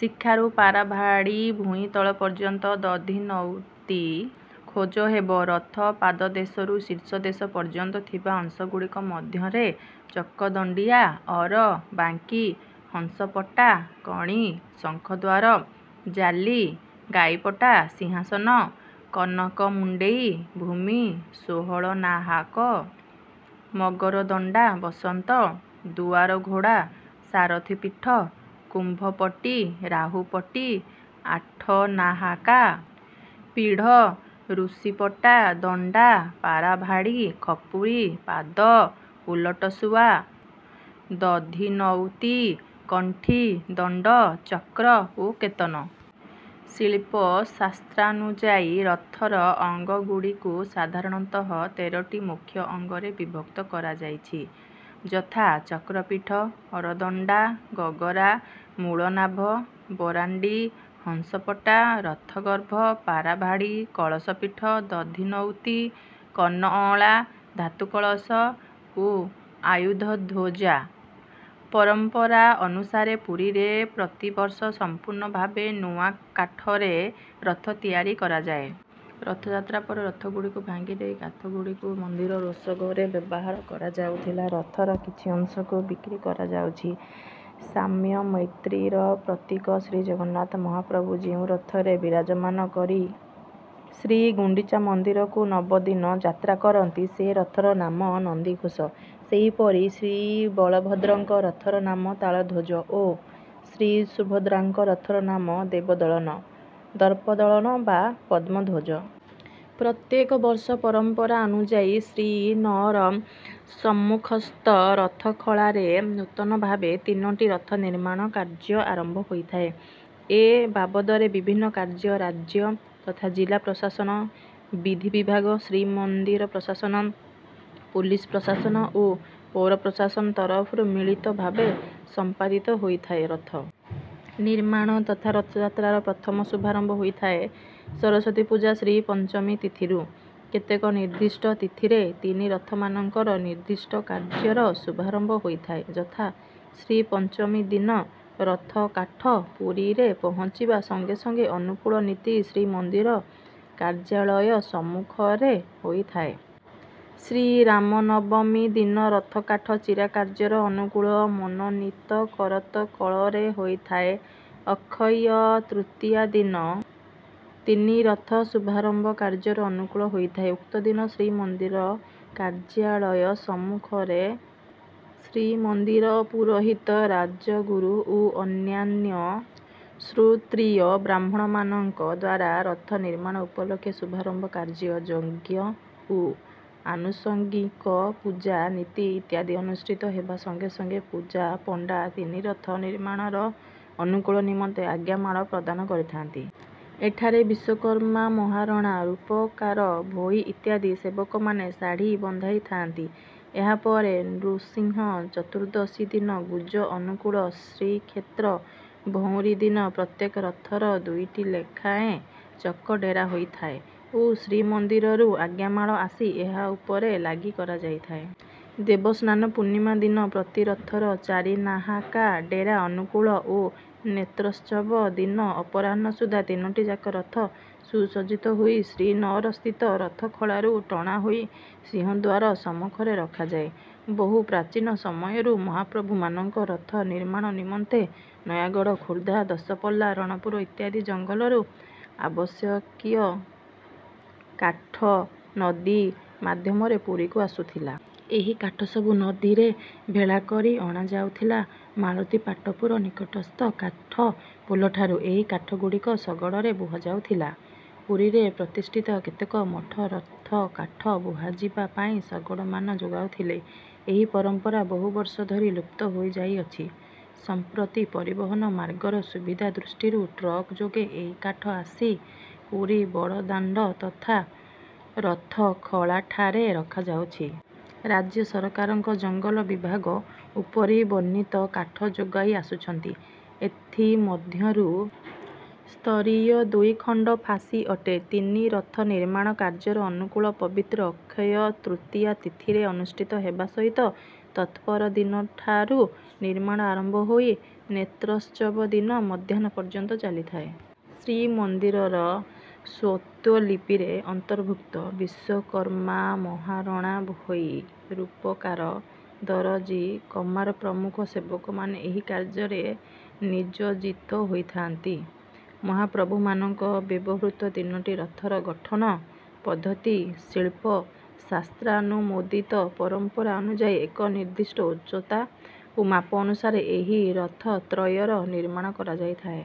ଶିଖାରୁ ପାରାଭାଡ଼ି ଭୂଇଁ ତଳ ପର୍ଯ୍ୟନ୍ତ ଦଧିନଉତି ଖୋଜ ହେବ। ରଥ ପାଦଦେଶରୁ ଶୀର୍ଷଦେଶ ପର୍ଯ୍ୟନ୍ତ ଥିବା ଅଂଶଗୁଡ଼ିକ ମଧ୍ୟରେ - ଚକ, ଦଣ୍ଡିଆ, ଅର, ବାଙ୍କି, ହଂସପଟା, କଣି, ଶଙ୍ଖଦ୍ୱାର, ଜାଲି, ଗାଈପଟା, ସିଂହାସନ, କନକ ମୁଣ୍ଡେଇ, ଭୂମି, ଷୋହଳ ନାହାକ, ମଗରଦଣ୍ଡା, ବସନ୍ତ, ଦୁଆରଘୋଡ଼ା, ସାରଥୀ ପୀଠ, କୁମ୍ଭପଟି, ରାହୁପଟି, ଆଠ ନାହାକା, ପୀଢ଼, ଋଷିପଟା, ଦଣ୍ଡା, ପାରାଭାଡ଼ି, ଖପୁରୀ, ପାଦ, ଓଲଟ ଶୁଆ, ଦଧିନଉତି, କଣ୍ଠି, ଦଣ୍ଡ, ଚକ୍ର ଓ କେତନ। ଶିଳ୍ପଶାସ୍ତ୍ରାନୁଯାୟୀ ରଥର ଅଙ୍ଗଗୁଡ଼ିକୁ ସାଧାରଣତଃ ତେରଟି ମୁଖ୍ୟ ଅଙ୍ଗରେ ବିଭକ୍ତ କରାଯାଇଛି। ଯଥା ଚକ୍ରପୀଠ, ଅରଦଣ୍ଡା, ଗଗରା, ମୂଳନାଭ, ବରାଣ୍ଡି, ହଂସପଟା, ରଥଗର୍ଭ, ପାରାଭାଡ଼ି, କଳସ ପୀଠ, ଦଧିନଉତି, କର୍ଣ୍ଣଅଁଳା, ଧାତୁ କଳସ ଓ ଆୟୁଧ ଧ୍ୱଜା। ପରମ୍ପରା ଅନୁସାରେ ପୁରୀରେ ପ୍ରତିବର୍ଷ ସମ୍ପୂର୍ଣ୍ଣ ଭାବେ ନୂଆ କାଠରେ ରଥ ତିଆରି କରାଯାଏ। ରଥଯାତ୍ରା ପରେ ରଥଗୁଡ଼ିକୁ ଭାଙ୍ଗି ଦେଇ, କାଠଗୁଡ଼ିକୁ ମନ୍ଦିର ରୋଷଘରେ ବ୍ୟବହାର କରାଯାଉଥିଲା, ରଥର କିଛି ଅଂଶକୁ ବିକ୍ରି କରାଯାଉଛି। ସାମ୍ୟ-ମୈତ୍ରୀର ପ୍ରତୀକ ଶ୍ରୀଜଗନ୍ନାଥ ମହାପ୍ରଭୁ ଯେଉଁ ରଥରେ ବିରାଜମାନ କରି ଶ୍ରୀଗୁଣ୍ଡିଚା ମନ୍ଦିରକୁ ନବଦିନ ଯାତ୍ରା କରନ୍ତି, ସେ ରଥର ନାମ ନନ୍ଦିଘୋଷ। ସେହିପରି ଶ୍ରୀବଳଭଦ୍ରଙ୍କ ରଥର ନାମ ତାଳଧ୍ୱଜ ଓ ଶ୍ରୀସୁଭଦ୍ରାଙ୍କ ରଥର ନାମ ଦେବଦଳନ, ଦର୍ପଦଳନ ବା ପଦ୍ମଧ୍ୱଜ। ପ୍ରତ୍ୟେକ ବର୍ଷ ପରମ୍ପରା ଅନୁଯାୟୀ ଶ୍ରୀନଅର ସମ୍ମୁଖସ୍ଥ ରଥଖଳାରେ ନୂତନ ଭାବେ ତିନୋଟି ରଥ ନିର୍ମାଣ କାର୍ଯ୍ୟ ଆରମ୍ଭ ହୋଇଥାଏ। ଏ ବାବଦରେ ବିଭିନ୍ନ କାର୍ଯ୍ୟ ରାଜ୍ୟ ତଥା ଜିଲ୍ଲା ପ୍ରଶାସନ, ବିଧି ବିଭାଗ, ଶ୍ରୀମନ୍ଦିର ପ୍ରଶାସନ, ପୋଲିସ ପ୍ରଶାସନ ଓ ପୌର ପ୍ରଶାସନ ତରଫରୁ ମିଳିତ ଭାବେ ସମ୍ପାଦିତ ହୋଇଥାଏ। ରଥ ନିର୍ମାଣ ତଥା ରଥଯାତ୍ରାର ପ୍ରଥମ ଶୁଭାରମ୍ଭ ହୋଇଥାଏ ସରସ୍ୱତୀ ପୂଜା ଶ୍ରୀପଞ୍ଚମୀ ତିଥିରୁ। କେତେକ ନିର୍ଦ୍ଦିଷ୍ଟ ତିଥିରେ ତିନି ରଥମାନଙ୍କର ନିର୍ଦ୍ଦିଷ୍ଟ କାର୍ଯ୍ୟର ଶୁଭାରମ୍ଭ ହୋଇଥାଏ। ଯଥା ଶ୍ରୀପଞ୍ଚମୀ ଦିନ ରଥକାଠ ପୁରୀରେ ପହଞ୍ଚିବା ସଙ୍ଗେ ସଙ୍ଗେ ଅନୁକୂଳ ନୀତି ଶ୍ରୀମନ୍ଦିର କାର୍ଯ୍ୟାଳୟ ସମ୍ମୁଖରେ ହୋଇଥାଏ। ଶ୍ରୀରାମ ନବମୀ ଦିନ ରଥକାଠ ଚିରା କାର୍ଯ୍ୟର ଅନୁକୂଳ ମନୋନୀତ କରତ କଳରେ ହୋଇଥାଏ। ଅକ୍ଷୟ ତୃତୀୟା ଦିନ ତିନି ରଥ ଶୁଭାରମ୍ଭ କାର୍ଯ୍ୟର ଅନୁକୂଳ ହୋଇଥାଏ। ଉକ୍ତ ଦିନ ଶ୍ରୀମନ୍ଦିର କାର୍ଯ୍ୟାଳୟ ସମ୍ମୁଖରେ ଶ୍ରୀମନ୍ଦିର ପୁରୋହିତ, ରାଜଗୁରୁ ଓ ଅନ୍ୟାନ୍ୟ ଶ୍ରୋତ୍ରୀୟ ବ୍ରାହ୍ମଣମାନଙ୍କ ଦ୍ୱାରା ରଥ ନିର୍ମାଣ ଉପଲକ୍ଷେ ଶୁଭାରମ୍ଭ କାର୍ଯ୍ୟ ଯଜ୍ଞ ଓ ଆନୁଷଙ୍ଗିକ ପୂଜା-ନୀତି ଇତ୍ୟାଦି ଅନୁଷ୍ଠିତ ହେବା ସଙ୍ଗେ ସଙ୍ଗେ ପୂଜାପଣ୍ଡା ତିନି ରଥ ନିର୍ମାଣର ଅନୁକୂଳ ନିମନ୍ତେ ଆଜ୍ଞାମାଳ ପ୍ରଦାନ କରିଥାନ୍ତି। ଏଠାରେ ବିଶ୍ୱକର୍ମା ମହାରଣା, ରୂପକାର, ଭୋଇ ଇତ୍ୟାଦି ସେବକମାନେ ଶାଢ଼ୀ ବନ୍ଧାଇଥାନ୍ତି। ଏହା ପରେ ନୃସିଂହ ଚତୁର୍ଦ୍ଦଶୀ ଦିନ ଗୁଜ ଅନୁକୂଳ, ଶ୍ରୀକ୍ଷେତ୍ର ଭଉଁରୀ ଦିନ ପ୍ରତ୍ୟେକ ରଥର ଦୁଇଟି ଲେଖାଏଁ ଚକ ଡେରା ହୋଇଥାଏ ଓ ଶ୍ରୀମନ୍ଦିରରୁ ଆଜ୍ଞାମାଳ ଆସି ଏହା ଉପରେ ଲାଗି କରାଯାଇଥାଏ। ଦେବସ୍ନାନ ପୂର୍ଣ୍ଣିମା ଦିନ ପ୍ରତି ରଥର ଚାରିନାହାକା ଡେରା ଅନୁକୂଳ ଓ ନେତ୍ରୋତ୍ସବ ଦିନ ଅପରାହ୍ନ ସୁଦ୍ଧା ତିନୋଟି ଯାକ ରଥ ସୁସଜ୍ଜିତ ହୋଇ ଶ୍ରୀନଅର ସ୍ଥିତ ରଥଖଳାରୁ ଟଣା ହୋଇ ସିଂହଦ୍ୱାର ସମ୍ମୁଖରେ ରଖାଯାଏ। ବହୁ ପ୍ରାଚୀନ ସମୟରୁ ମହାପ୍ରଭୁମାନଙ୍କ ରଥ ନିର୍ମାଣ ନିମନ୍ତେ ନୟାଗଡ଼, ଖୋର୍ଦ୍ଧା, ଦଶପଲ୍ଲା, ରଣପୁର ଇତ୍ୟାଦି ଜଙ୍ଗଲରୁ ଆବଶ୍ୟକୀୟ କାଠ ନଦୀ ମାଧ୍ୟମରେ ପୁରୀକୁ ଆସୁଥିଲା। ଏହି କାଠସବୁ ନଦୀରେ ଭେଳା କରି ଅଣାଯାଉଥିଲାମାଳତିପାଟପୁର ନିକଟସ୍ଥ କାଠ ପୋଲଠାରୁ ଏହି କାଠଗୁଡ଼ିକ ଶଗଡ଼ରେ ବୁହାଯାଉଥିଲା। ପୁରୀରେ ପ୍ରତିଷ୍ଠିତ କେତେକ ମଠ ରଥକାଠ ବୁହାଯିବା ପାଇଁ ଶଗଡ଼ମାନ ଯୋଗାଉଥିଲେ। ଏହି ପରମ୍ପରା ବହୁ ବର୍ଷ ଧରି ଲୁପ୍ତ ହୋଇଯାଇଅଛି। ସମ୍ପ୍ରତି ପରିବହନ ମାର୍ଗର ସୁବିଧା ଦୃଷ୍ଟିରୁ ଟ୍ରକ୍ ଯୋଗେ ଏହି କାଠ ଆସି ପୁରୀ ବଡ଼ଦାଣ୍ଡ ତଥା ରଥଖଳାଠାରେ ରଖାଯାଉଛି। ରାଜ୍ୟ ସରକାରଙ୍କ ଜଙ୍ଗଲ ବିଭାଗ ଉପରିବର୍ଣ୍ଣିତ କାଠ ଯୋଗାଇ ଆସୁଛନ୍ତି, ଏଥି ମଧ୍ୟରୁ ସ୍ତରୀୟ ଦୁଇ ଖଣ୍ଡ ଫାସୀ ଅଟେ। ତିନି ରଥ ନିର୍ମାଣ କାର୍ଯ୍ୟର ଅନୁକୂଳ ପବିତ୍ର ଅକ୍ଷୟ ତୃତୀୟା ତିଥିରେ ଅନୁଷ୍ଠିତ ହେବା ସହିତ ତତ୍‌ପରଦିନଠାରୁ ନିର୍ମାଣ ଆରମ୍ଭ ହୋଇ ନେତ୍ରୋତ୍ସବ ଦିନ ମଧ୍ୟାହ୍ନ ପର୍ଯ୍ୟନ୍ତ ଚାଲିଥାଏ। ଶ୍ରୀମନ୍ଦିରର ସ୍ୱତ୍ତ୍ୱଲିପିରେ ଅନ୍ତର୍ଭୁକ୍ତବିଶ୍ୱକର୍ମାମହାରଣା, ଭୋଇ, ରୂପକାର, ଦରଜି, କମାର ପ୍ରମୁଖ ସେବକମାନେ ଏହି କାର୍ଯ୍ୟରେ ନିଯୋଜିତ ହୋଇଥାନ୍ତି। ମହାପ୍ରଭୁମାନଙ୍କ ବ୍ୟବହୃତ ତିନୋଟି ରଥର ଗଠନ ପଦ୍ଧତି ଶିଳ୍ପଶାସ୍ତ୍ରାନୁମୋଦିତ। ପରମ୍ପରା ଅନୁଯାୟୀ ଏକ ନିର୍ଦ୍ଦିଷ୍ଟ ଉଚ୍ଚତା ଓ ମାପ ଅନୁସାରେ ଏହି ରଥତ୍ରୟର ନିର୍ମାଣ କରାଯାଇଥାଏ।